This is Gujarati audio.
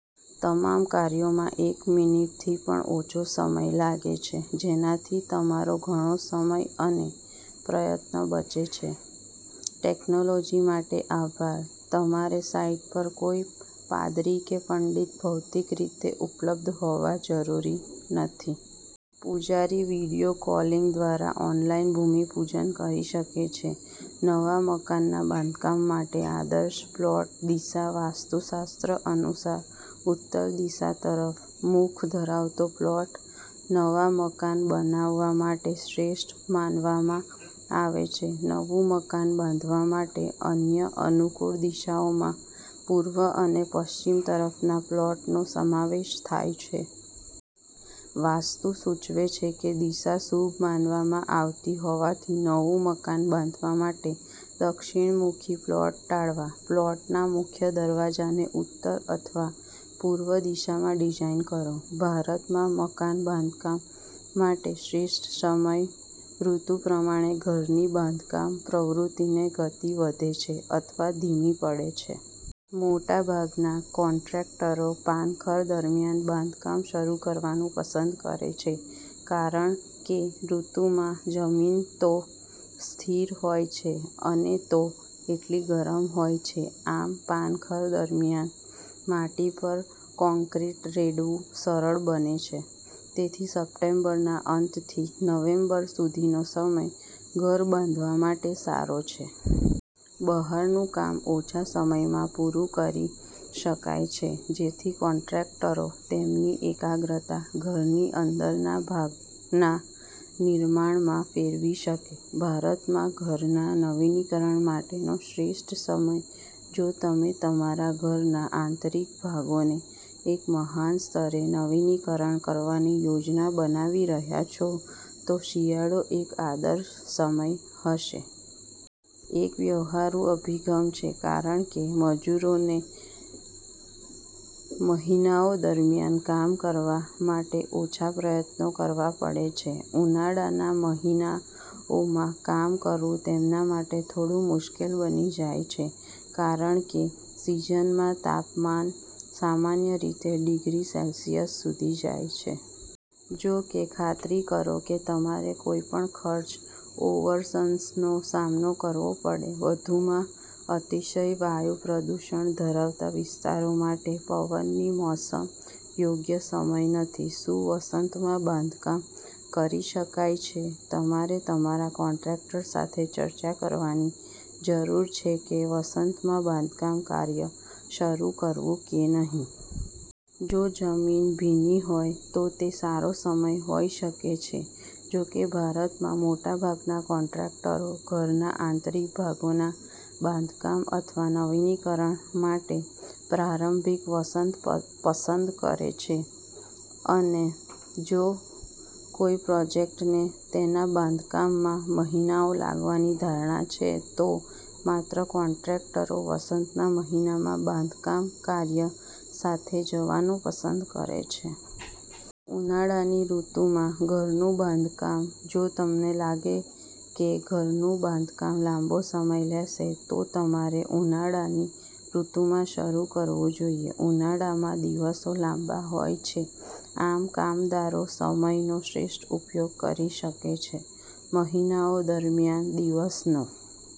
તમામ કાર્યોમાં એક મિનિટથી પણ ઓછો સમય લાગે છે, જેનાથી તમારો ઘણો સમય અને પ્રયત્ન બચે છે. ટેક્નોલોજી માટે આભાર, તમારે સાઈટ પર કોઈ પાદરી કે પંડિત ભૌતિક રીતે ઉપલબ્ધ હોવા જરૂરી નથી. પૂજારી વીડિયો કોલિંગ દ્વારા ઓનલાઈન ભૂમિપૂજન કરી શકે છે. નવા મકાનના બાંધકામ માટે આદર્શ પ્લોટ દિશા વાસ્તુશાસ્ત્ર અનુસાર, ઉત્તર દિશા તરફ મુખ ધરાવતો પ્લોટ નવા મકાન બનાવવા માટે શ્રેષ્ઠ માનવામાં આવે છે. નવું મકાન બાંધવા માટે અન્ય અનુકૂળ દિશાઓમાં પૂર્વ અને પશ્ચિમ તરફના પ્લોટનો સમાવેશ થાય છે. વાસ્તુ સૂચવે છે કે દિશા શુભ માનવામાં આવતીહોવાથી નવું મકાન બાંધવા માટે દક્ષિણમુખી પ્લોટ ટાળવા. પ્લોટના મુખ્ય દરવાજાને ઉત્તર અથવા પૂર્વ દિશામાં ડિઝાઇન કરો. ભારતમાં મકાન બાંધકામ માટે શ્રેષ્ઠ સમય ઋતુ પ્રમાણે ઘરની બાંધકામ પ્રવૃત્તિની ગતિ વધે છે અથવા ધીમી પડે છે. મોટાભાગના કોન્ટ્રાક્ટરો પાનખર દરમિયાન બાંધકામ શરૂ કરવાનું પસંદ કરે છે કારણ કેઋતુમાં જમીનતો સ્થિર હોય છે અનેતો એટલી ગરમ હોય છે. આમ, પાનખર દરમિયાન માટી પર કોંક્રિટ રેડવું સરળ બને છે. તેથી, સપ્ટેમ્બરના અંતથી નવેમ્બર સુધીનો સમય ઘર બાંધવા માટે સારો છે. બહારનું કામ ઓછા સમયમાં પૂરું કરી શકાય છે જેથી કોન્ટ્રાક્ટરો તેમની એકાગ્રતા ઘરની અંદરના ભાગના નિર્માણમાં ફેરવી શકે. ભારતમાં ઘરના નવીનીકરણ માટેનો શ્રેષ્ઠ સમય જો તમે તમારા ઘરના આંતરિક ભાગોને એક મહાન સ્તરે નવીનીકરણ કરવાની યોજના બનાવી રહ્યા છો, તો શિયાળો એક આદર્શ સમય હશે. એક વ્યવહારુ અભિગમ છે કારણ કે મજૂરોનેમહિનાઓ દરમિયાન કામ કરવા માટે ઓછા પ્રયત્નો કરવા પડે છે. ઉનાળાના મહિનાઓમાં કામ કરવું તેમના માટે થોડું મુશ્કેલ બની જાય છે કારણ કેસિઝનમાં તાપમાન સામાન્ય રીતે ડિગ્રી સેલ્સિયસ સુધી જાય છે. જો કે, ખાતરી કરો કે તમારે કોઈપણ ખર્ચ ઓવરરન્સનો સામનો કરવોપડે. વધુમાં, અતિશય વાયુ પ્રદૂષણ ધરાવતા વિસ્તારો માટે પવનની મોસમ યોગ્ય સમય નથી. શું વસંતમાં બાંધકામ કરી શકાય છે? તમારે તમારા કોન્ટ્રાક્ટર સાથે ચર્ચા કરવાની જરૂર છે કે વસંતમાં બાંધકામ કાર્ય શરૂ કરવું કે નહીં. જો જમીન ભીનીહોય, તો તે સારો સમય હોઈ શકે છે. જો કે, ભારતમાં, મોટાભાગના કોન્ટ્રાક્ટરો ઘરના આંતરિક ભાગોના બાંધકામ અથવા નવીનીકરણ માટે પ્રારંભિક વસંત પસંદ કરે છે. અને જો કોઈ પ્રોજેક્ટને તેના બાંધકામમાં મહિનાઓ લાગવાની ધારણા છે, તો માત્ર કોન્ટ્રાક્ટરો વસંતના મહિનામાં બાંધકામ કાર્ય સાથે જવાનું પસંદ કરે છે. ઉનાળાની ઋતુમાં ઘરનું બાંધકામ જો તમને લાગે કે ઘરનું બાંધકામ લાંબો સમય લેશે, તો તમારે ઉનાળાની ઋતુમાં શરૂ કરવું જોઈએ. ઉનાળામાં દિવસો લાંબા હોય છેઆમ, કામદારો સમયનો શ્રેષ્ઠ ઉપયોગ કરી શકે છે. મહિનાઓ દરમિયાન દિવસનો